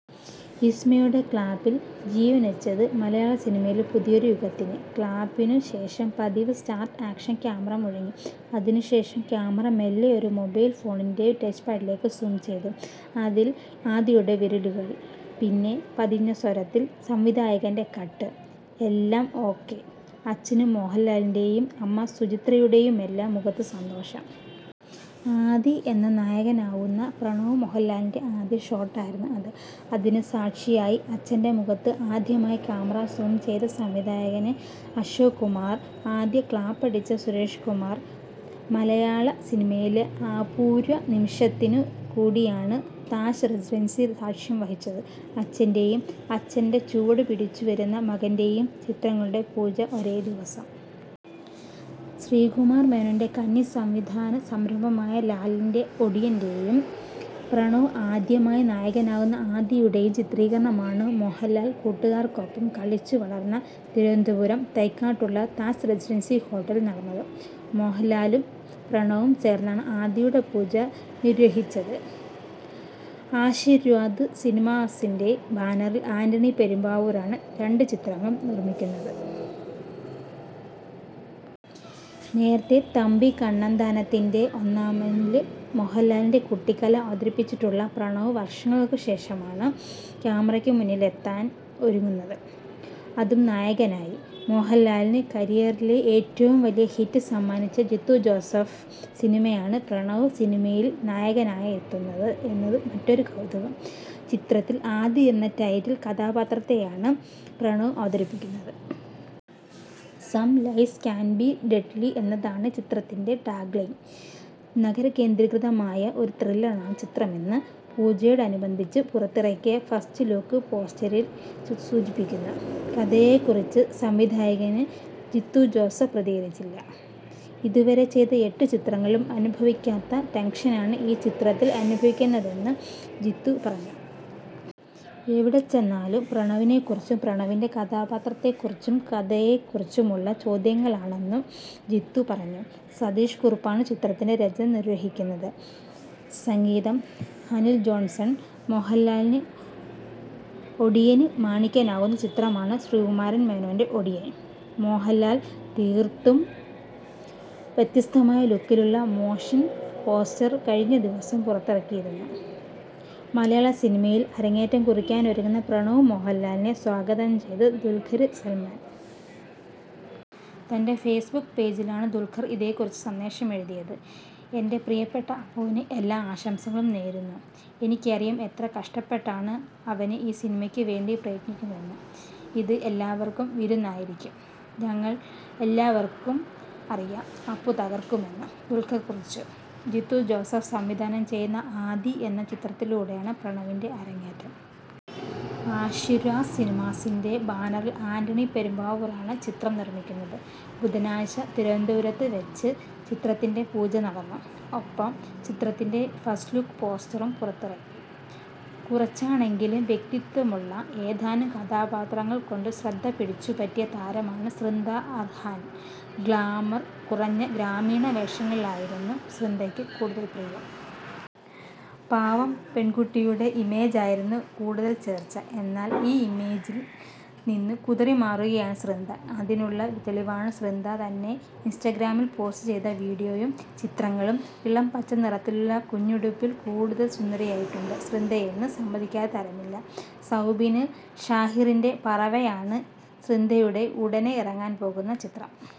വിസ്മയയുടെ ക്ലാപ്പില് ജീവന്വച്ചത് മലയാള സിനിമയിലെ പുതിയൊരു യുഗത്തിന്. ക്ലാപ്പിനുശേഷം പതിവ് സ്റ്റാര്ട്ട് ആക്ഷന് ക്യാമറ മുഴങ്ങി. അതിനുശേഷം ക്യാമറ മെല്ലെ ഒരു മൊബൈല് ഫോണിന്റെ ടച്ച്പാഡിലേയ്ക്ക് സൂം ചെയ്തു. അതില് ആദിയുടെ വിരലുകള്. പിന്നെ പതിഞ്ഞ സ്വരത്തില് സംവിധായകന്റെ കട്ട്. എല്ലാം ഓക്കെ. അച്ഛന് മോഹന്ലാലിന്റെയും അമ്മ സുചിത്രയുടെയുമെല്ലാം മുഖത്ത് സന്തോഷം. ആദി എന്ന നായകനാവുന്ന പ്രണവ് മോഹന്ലാലിന്റെ ആദ്യ ഷോട്ടായിരുന്നു അത്. അതിന് സാക്ഷിയായി അച്ഛന്റെ മുഖത്ത് ആദ്യമായി ക്യാമറ സൂം ചെയ്ത സംവിധായകന് അശോക് കുമാര്, ആദ്യ ക്ലാപ്പടിച്ച സുരേഷ്കുമാര്. മലയാള സിനിമയിലെ അപൂര്വ നിമിഷത്തിനുകൂടിയാണ് താജ് റെസിഡന്സി സാക്ഷ്യം വഹിച്ചത്. അച്ഛന്റെയും അച്ഛന്റെ ചുവടുപിടിച്ചുവരുന്ന മകന്റെയും ചിത്രങ്ങളുടെ പൂജ ഒരേദിവസം. ശ്രീകുമാര് മേനോന്റെ കന്നി സംവിധാന സംരംഭമായ ലാലിന്റെ ഒടിയന്റെയും പ്രണവ് ആദ്യമായി നായകനാവുന്ന ആദിയുടെയും ചിത്രീകരണമാണ് മോഹന്ലാല് കൂട്ടുകാര്ക്കൊപ്പം കളിച്ചുവളര്ന്ന തിരുവനന്തപുരം തൈക്കാട്ടുള്ള താജ് റെസിഡന്സി ഹോട്ടലില് നടന്നത്. മോഹന്ലാലും പ്രണവും ചേര്ന്നാണ് ആദിയുടെ പൂജ നിര്വഹിച്ചത്. ആശിര്വാദ് സിനിമാസിന്റെ ബാനറില് ആന്റണി പെരുമ്പാവൂരാണ് രണ്ട് ചിത്രങ്ങളും നിര്മിക്കുന്നത്. നേരത്തെ തമ്പി കണ്ണന്താനത്തിന്റെ ഒന്നാമനില് മോഹന്ലാലിന്റെ കുട്ടിക്കാലം അവതരിപ്പിച്ചിട്ടുള്ള പ്രണവ് വര്ഷങ്ങള്ക്കുശേഷമാണ് ക്യാമറയ്ക്ക് മുന്നിലെത്താന് ഒരുങ്ങുന്നത്. അതും നായകനായി. മോഹന്ലാലിന് കരിയറിലെ ഏറ്റവും വലിയ ഹിറ്റ് സമ്മാനിച്ച ജീത്തു ജോസഫ് സിനിമയാണ് പ്രണവ് സിനിമയില് നായകനായെത്തുന്നത് എന്നത് മറ്റൊരു കൗതുകം. ചിത്രത്തില് ആദി എന്ന ടൈറ്റില് കഥാപാത്രത്തെയാണ് പ്രണവ് അവതരിപ്പിക്കുന്നത്. Some lies can be deadly എന്നതാണ് ചിത്രത്തിന്റെ ടാഗ്ലൈൻ. നഗരകേന്ദ്രീകൃതമായ ഒരു ത്രില്ലറാണ് ചിത്രമെന്ന് പൂജയോടനുബന്ധിച്ച് പുറത്തിറക്കിയ ഫസ്റ്റ്ലുക്ക് പോസ്റ്റര് സൂചിപ്പിക്കുന്നു. കഥയെക്കുറിച്ച് സംവിധായകന് ജീത്തു ജോസഫ് പ്രതികരിച്ചില്ല. ഇതുവരെ ചെയ്ത എട്ട് ചിത്രങ്ങളിലും അനുഭവിക്കാത്ത ടെന്ഷനാണ് ഈ ചിത്രത്തില് അനുഭവിക്കുന്നതെന്ന് ജീത്തു പറഞ്ഞു. എവിടെ ചെന്നാലും പ്രണവിനെക്കുറിച്ചും പ്രണവിന്റെ കഥാപാത്രത്തെക്കുറിച്ചും കഥയെക്കുറിച്ചുമുള്ള ചോദ്യങ്ങളാണെന്നും ജീത്തു പറഞ്ഞു. സതീഷ് കുറുപ്പാണ് ചിത്രത്തിന്റെ രചന നിര്വഹിക്കുന്നത്. സംഗീതം:അനില് ജോണ്സണ്. മോഹന്ലാല് ഒടിയന് മാണിക്കനാവുന്ന ചിത്രമാണ് ശ്രീകുമാര് മേനോന്റെ ഒടിയന്. മോഹന്ലാല് തീര്ത്തും വ്യത്യസ്തമായ ലുക്കിലുള്ള മോഷന് പോസ്റ്റര് കഴിഞ്ഞ ദിവസം പുറത്തിറക്കിയിരുന്നു. മലയാള സിനിമയില് അരങ്ങേറ്റം കുറിക്കാനൊരുങ്ങുന്ന പ്രണവ് മോഹന്ലാലിനെ സ്വാഗതം ചെയ്ത് ദുല്ഖര് സല്മാന്. തന്റെ ഫെയ്സ്ബുക്ക് പേജിലാണ് ദുല്ഖര് ഇതെക്കുറിച്ച് സന്ദേശമെഴുതിയത്. 'എന്റെ പ്രിയപ്പെട്ട അപ്പുവിന് എല്ലാ ആശംസകളും നേരുന്നു. എനിക്കറിയാം എത്ര കഷ്ടപ്പെട്ടാണ് അവന് ഈ സിനിമയ്ക്ക് വേണ്ടി പ്രയത്നിക്കുന്നതെന്ന്. ഇത് എല്ലാവര്ക്കും വിരുന്നായിരിക്കും. ഞങ്ങള് എല്ലാവര്ക്കും അറിയാം, അപ്പു തകര്ക്കുമെന്ന്' ദുല്ഖര് കുറിച്ചു. ജീത്തു ജോസഫ് സംവിധാനം ചെയ്യുന്ന ആദി എന്ന ചിത്രത്തിലൂടെയാണ് പ്രണവിന്റെ അരങ്ങേറ്റം. ആശിര്വാദ് സിനിമാസിന്റെ ബാനറില് ആന്റണി പെരുമ്പാവൂരാണ് ചിത്രം നിര്മിക്കുന്നത്. ബുധനാഴ്ച തിരുവനന്തപുരത്ത് വച്ച് ചിത്രത്തിന്റെ പൂജ നടന്നു. ഒപ്പം ചിത്രത്തിന്റെ ഫസ്റ്റ്ലുക്ക് പോസ്റ്ററും പുറത്തിറക്കി. കുറച്ചാണെങ്കിലും വ്യക്തിത്വമുള്ള ഏതാനും കഥാപാത്രങ്ങള് കൊണ്ട് ശ്രദ്ധ പിടിച്ചുപറ്റിയ താരമാണ് സ്രിന്ധ അര്ഹാന്. ഗ്ലാമര് കുറഞ്ഞ ഗ്രാമീണ വേഷങ്ങളോടായിരുന്നു സ്രിന്ധയ്ക്ക് കൂടുതല് പ്രിയം. പാവം പെണ്കുട്ടിയുടെ ഇമേജായിരുന്നു കൂടുതല് ചേര്ച്ച. എന്നാല്, ഈ ഇമേജില് നിന്ന് കുതറിമാറുകയാണ് സ്രിന്ധ. അതിനുള്ള തെളിവാണ് സ്രിന്ധ തന്നെ ഇന്സ്റ്റഗ്രാമില് പോസ്റ്റ് ചെയ്ത വീഡിയോയും ചിത്രങ്ങളും. ഇളംപച്ച നിറത്തിലുള്ള കുഞ്ഞുടുപ്പില് കൂടുതല് സുന്ദരിയായിട്ടുണ്ട് സ്രിന്ധയെന്ന് സമ്മതിക്കാതെ തരമില്ല. സൗബിന് ഷാഹിറിന്റെ പറവയാണ് സ്രിന്ധയുടെ ഉടനെ ഇറങ്ങാന് പോകുന്ന ചിത്രം.